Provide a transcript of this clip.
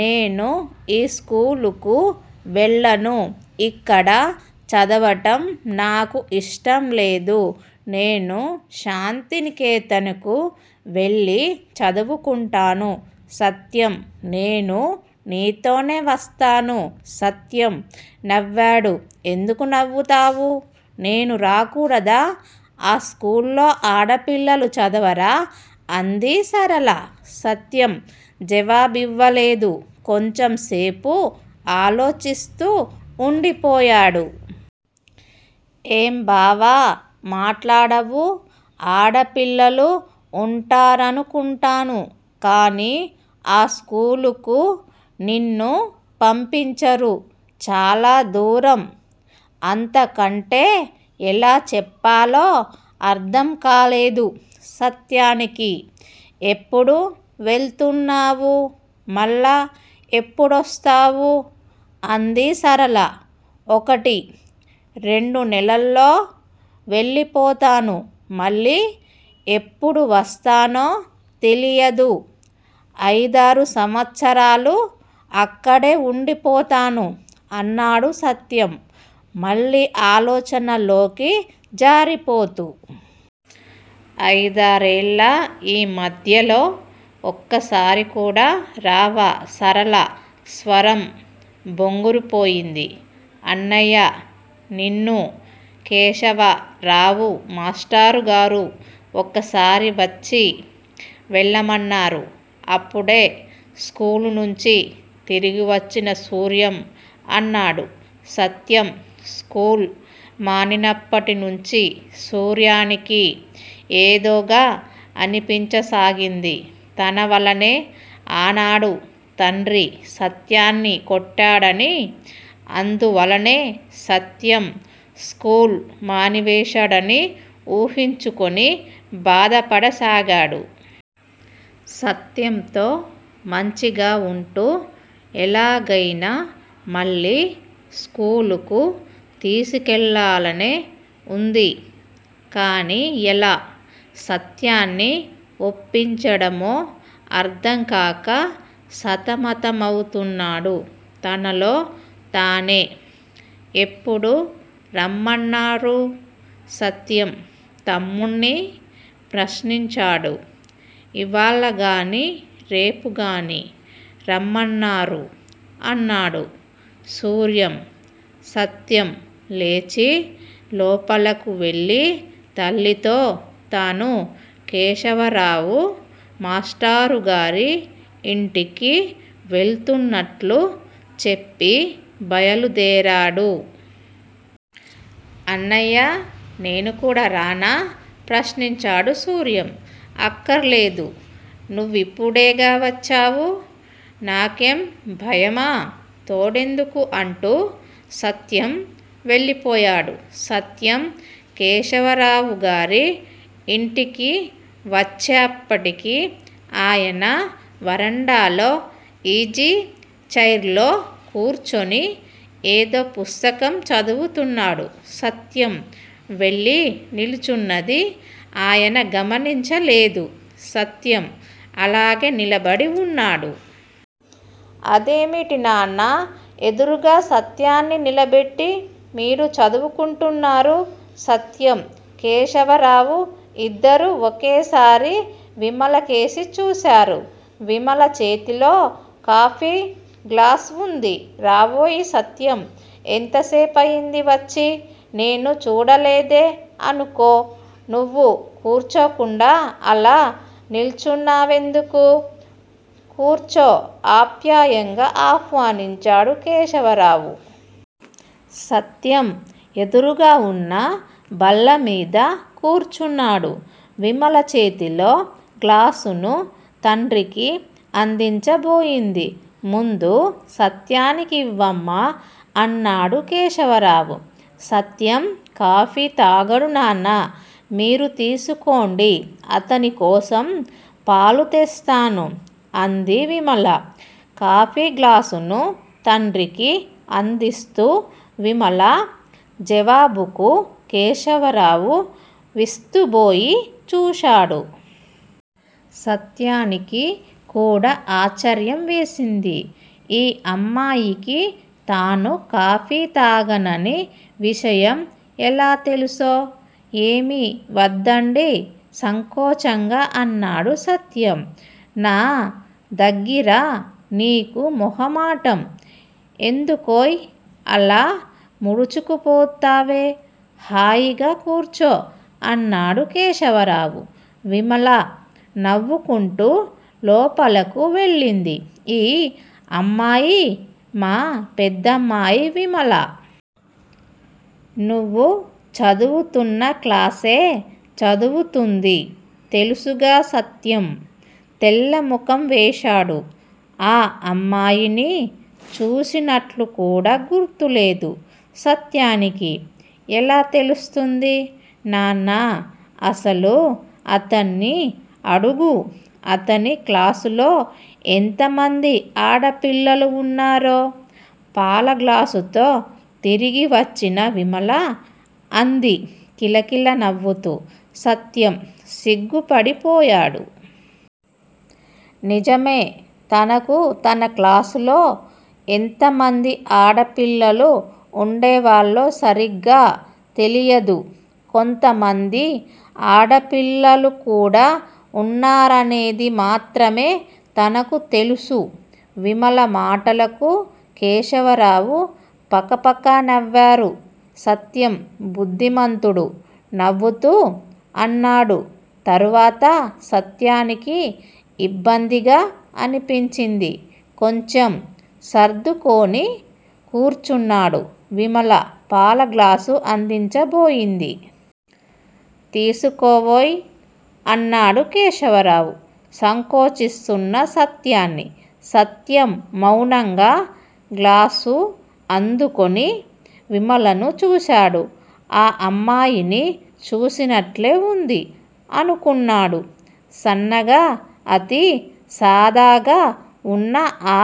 నేను ఈ స్కూలుకు వెళ్ళను. ఇక్కడ చదవటం నాకు ఇష్టంలేదు. నేను శాంతినికేతన్ కు వెళ్ళి చదువుకుంటాను. సత్యం నేనూ నీతోనే వస్తాను. సత్యం నవ్వాడు. ఎందుకు నవ్వుతావు? నేను రాకూడదా! ఆ స్కూల్లో ఆడపిల్లలు చదవరా? అంది సరళ. సత్యం జవాబివ్వలేదు. కొంచెంసేపు ఆలోచిస్తూ ఉండిపోయాడు. ఏం బావా మాట్లాడవు! ఆడపిల్లలు ఉంటారనుకుంటాను. కాని ఆ స్కూలుకు నిన్ను పంపించరు. చాలా దూరం- అంతకంటే ఎలా చెప్పాలో అర్ధంకాలేదు సత్యానికి. ఎప్పుడు వెళుతున్నావు? మళ్ళా ఎప్పుడొస్తావు? అంది సరళ. ఒకటి రెండు నెలల్లో వెళ్ళిపోతాను. మళ్ళీ ఎప్పుడు వస్తానో తెలియదు. అయిదారు సంవత్సరాలు అక్కడే ఉండిపోతాను అన్నాడు సత్యం మళ్ళీ ఆలోచనల్లోకి జారిపోతూ. అయిదారేళ్ళా! ఈ మధ్యలో ఒక్కసారికూడా రావా? సరళ స్వరం బొంగురుపోయింది. అన్నయ్యా! నిన్ను కేశవరావు మాష్టరుగారు ఒకసారి వచ్చి వెళ్ళమన్నారు. అప్పుడే స్కూలునుంచి తిరిగివచ్చిన సూర్యం అన్నాడు. సత్యం స్కూలు మానినప్పటినుంచి సూర్యానికి ఏదోగా అనిపించసాగింది. తనవల్లనే ఆనాడు తండ్రి సత్యాన్ని కొట్టాడనీ, అందువల్లనే సత్యం స్కూలు మానివేశాడని ఊహించుకొని బాధపడసాగాడు. సత్యంతో మంచిగా ఉంటూ ఎలాగయినా మళ్ళీ స్కూలుకు తీసుకెళ్ళాలనే వుంది కాని యెలా సత్యాన్ని ఒప్పించడమో అర్ధంకాక సతమతమవుతున్నాడు తనలో తనే. ఎప్పుడు రమ్మన్నారు? సత్యం తమ్ముణ్ణి ప్రశ్నించాడు. ఇవ్వాళగానీ రేపుగానీ రమ్మన్నారు అన్నాడు సూర్యం. సత్యం లేచి లోపలకు వెళ్ళి తల్లితో తను కేశవరావు మాష్టరుగారి ఇంటికి వెళుతున్నట్లు చెప్పి బయలుదేరాడు. అన్నయ్యా! నేనుకూడా రానా? ప్రశ్నించాడు సూర్యం. అక్కర్లేదు, నువ్విప్పుడేగా వచ్చావు? నాకేం భయమా? తోడెందుకూ? అంటూ సత్యం వెళ్ళిపోయాడు. సత్యం కేశవరావుగారి ఇంటికి వచ్చేప్పటికి ఆయన వరండాలో ఈజీచైర్ లో కూర్చొని ఏదో పుస్తకం చదువుతున్నాడు. సత్యం వెళ్ళి నిల్చున్నది ఆయన గమనించలేదు. సత్యం అలాగే నిలబడి ఉన్నాడు. అదేమిటి నాన్నా! ఎదురుగా సత్యాన్ని నిలబెట్టి మీరు చదువుకుంటున్నారు? సత్యం, కేశవరావూ ఇద్దరూ ఒకేసారి విమలకేసి చూశారు. విమల చేతిలో కాఫీగ్లాసు ఉంది. రావోయ్ సత్యం! యెంతసేపయింది వచ్చి? నేను చూడలేదే అనుకో! నువ్వు కూర్చోకుండా అలా నిల్చున్నా వెందుకు? కూర్చో ఆప్యాయంగా ఆహ్వానించాడు కేశవరావు. సత్యం యెదురుగా ఉన్న బల్లమీద కూర్చున్నాడు. విమల చేతిలో గ్లాసును తండ్రికి అందించబోయింది. ముందు సత్యానికి ఇవ్వమ్మా! అన్నాడు కేశవరావు. సత్యం కాఫీ తాగడు నాన్నా! మీరు తీసుకోండి. అతనికోసం పాలు తెస్తాను అంది విమల కాఫీగ్లాసును తండ్రికి అందిస్తూ. విమల జవాబుకు కేశవరావు విస్తుబోయి చూశాడు. సత్యానికి కూడా ఆశ్చర్యం వేసింది. ఈ అమ్మాయికి తాను కాఫీ తాగనని విషయం యెలా తెలుసో! ఏమీ వద్దండీ! సంకోచంగా అన్నాడు సత్యం. నా దగ్గిర నీకు మొహమాటం ఎందుకోయ్! అలా ముడుచుకుపోతావే? హాయిగా కూర్చో! అన్నాడు కేశవరావు. విమల నవ్వుకుంటూ లోపలకు వెళ్ళింది. ఈ అమ్మాయి మా పెద్దమ్మాయి విమల. నువ్వు చదువుతున్న క్లాసే చదువుతుంది. తెలుసుగా? సత్యం తెల్లముఖం వేశాడు. ఆ అమ్మాయిని చూసినట్లుకూడా గుర్తులేదు. సత్యానికి యెలా తెలుస్తుంది నాన్నా? అసలు అతన్ని అడుగు, అతని క్లాసులో ఎంతమంది ఆడపిల్లలు ఉన్నారో! పాలగ్లాసుతో తిరిగి వచ్చిన విమల అంది కిలకిల నవ్వుతూ. సత్యం సిగ్గుపడిపోయాడు. నిజమే! తనకు తన క్లాసులో ఎంతమంది ఆడపిల్లలు ఉండేవాళ్ళో సరిగ్గా తెలియదు. కొంతమంది ఆడపిల్లలుకూడా ఉన్నారనేదిమాత్రమే తనకు తెలుసు. విమల మాటలకు కేశవరావు పకపక నవ్వారు. సత్యం బుద్ధిమంతుడు! నవ్వుతూ అన్నాడు తర్వాత. సత్యానికి ఇబ్బందిగా అనిపించింది. కొంచెం సర్దుకొని కూర్చున్నాడు. విమల పాలగ్లాసు అందించబోయింది. తీసుకోవోయ్! అన్నాడు కేశవరావు సంకోచిస్తున్న సత్యాన్ని. సత్యం మౌనంగా గ్లాసు అందుకొని విమలను చూశాడు. ఆ అమ్మాయిని చూసినట్లే ఉంది అనుకున్నాడు. సన్నగా, అతి సాదాగా ఉన్న ఆ